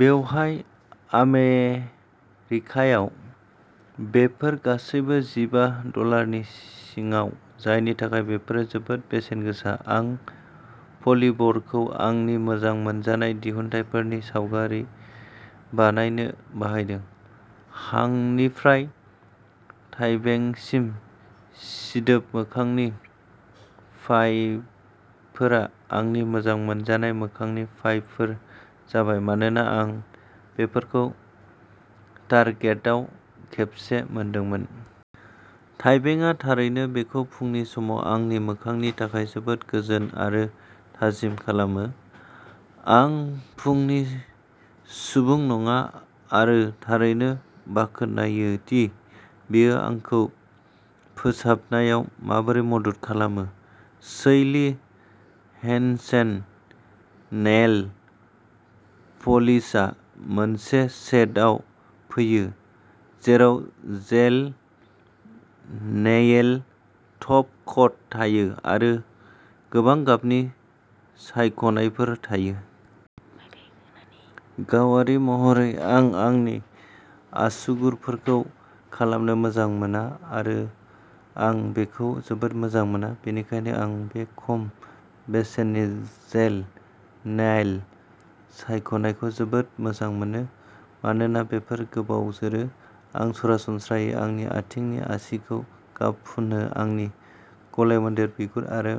बेवहाय आमेरिकायाव बेफोर गासैबो जिबा डलारनि सिङाव, जायनि थाखाय बेफोर जोबोद बेसेनगोसा। आं पलिभ'रखौ आंनि मोजां मोनजानाय दिहुनथायफोरनि सावगारि बानायनो बाहायदों! हांनिफ्राय थाइबेंसिम सिदोब मोखांनि वाइपफोरा आंनि मोजां मोनजानाय मोखांनि वाइपफोर जाबाय, मानोना आं बेफोरखौ टार्गेताव खेबसे मोनदोंमोन। थाइबेंआ थारैनो बेखौ फुंनि समाव आंनि मोखांनि थाखाय जोबोद गोजोन आरो थाजिम खालामो। आं फुंनि सुबुं नङा आरो थारैनो बाख्नायो दि बेयो आंखौ फोसाबनायाव माबोरै मदद खालामो। सैलि हेन्सेन नेइल पलिशआ मोनसे सेटआव फैयो, जेराव जेल नेइल टप कट थायो आरो गोबां गाबनि सायख'नायफोर थायो। गावारि महरै आं आंनि आसुगुरफोरखौ खालामनो मोजां मोना आरो आं बेखौ जोबोद मोजां मोना, बेनिखायनो आं बे खम बेसेननि जेल नेइल सायख'नायखौ जोबोद मोजां मोनो, मानोना बेफोर गोबाव जोरो। आं सरासनस्रायै आंनि आथिंनि आसिखौ गाब फुनो आंनि गलायमोन्देर बिगुर आरो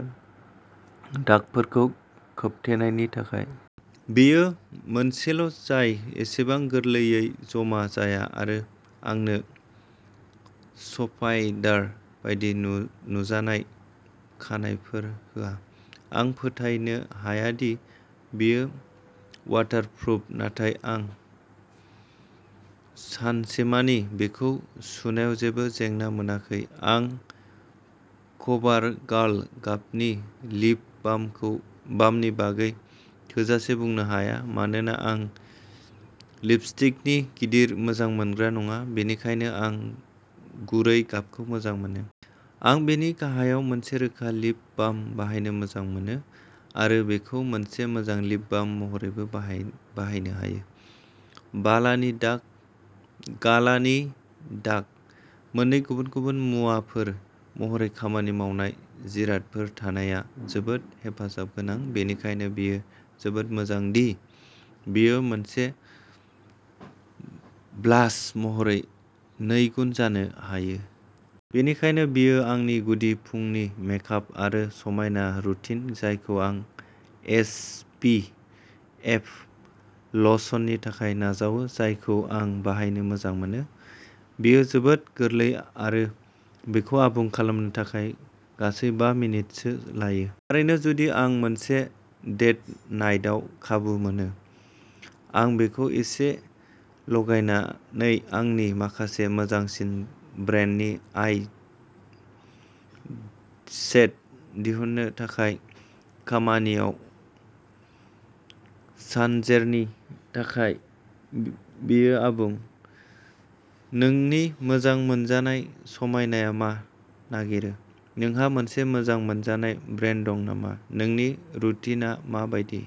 दागफोरखौ खोबथेनायनि थाखाय। बेयो मोनसेल'जाय एसेबां गोरलैयै जमा जाया आरो आंनो स्पाइडर बायदि नु-नुजानाय खानाइफोर होआ। आं फोथायनो हाया दि बेयो वाटार प्रुफ नाथाय आं सानसेमानि बेखौ सुनायाव जेबो जेंना मोनाखै। आं कभारगार्ल गाबनि लिप बामखौ बामनि बागै थोजासे बुंनो हाया मानोना आं लिपस्टिकनि गिदिर मोजां मोनग्रा नङा, बेनिखायनो आं गुरै गाबखौ मोजां मोनो। आं बेनि गाहायाव मोनसे रोखा लिप बाम बाहायनो मोजां मोनो आरो बेखौ मोनसे मोजां लिप बाम महरैबो बाहायनो हायो। बालानि दाग गालानि दाग। मोननै गुबुन-गुबुन मुवाफोर महरै खामानि मावनाय जिरादफोर थानाया जोबोद हेफाजाब गोनां, बेनिखायनो बेयो जोबोद मोजां दि बेयो मोनसे ब्लास महरै नैगुन जानो हायो। बेनिखायनो बेयो आंनि गुदि फुंनि मेकआप आरो समायना रुटिन, जायखौ आं एस. पि. एफ. लशननि थाखाय नाजावो, जायखौ आं बाहायनो मोजां मोनो। बेयो जोबोद गोरलै आरो बेखौ आबुं खालामनो थाखाय गासै बा मिनिटसो लायो। थारैनो जुदि आं मोनसे डेट नाइटआव खाबु मोनो, आं बेखौ एसे गलायनानै आंनि माखासे मोजांसिन ब्रान्डनि आइ शेड' दिहुनो, नाथाय खामानियाव सानजेरनि थाखाय बेयो आबुं। नोंनि मोजां मोनजानाय समायनाया मा नागिरो? नोंहा मोनसे मोजां मोनजानाय ब्रान्ड दं नामा? नोंनि रुटिनआ मा बायदि?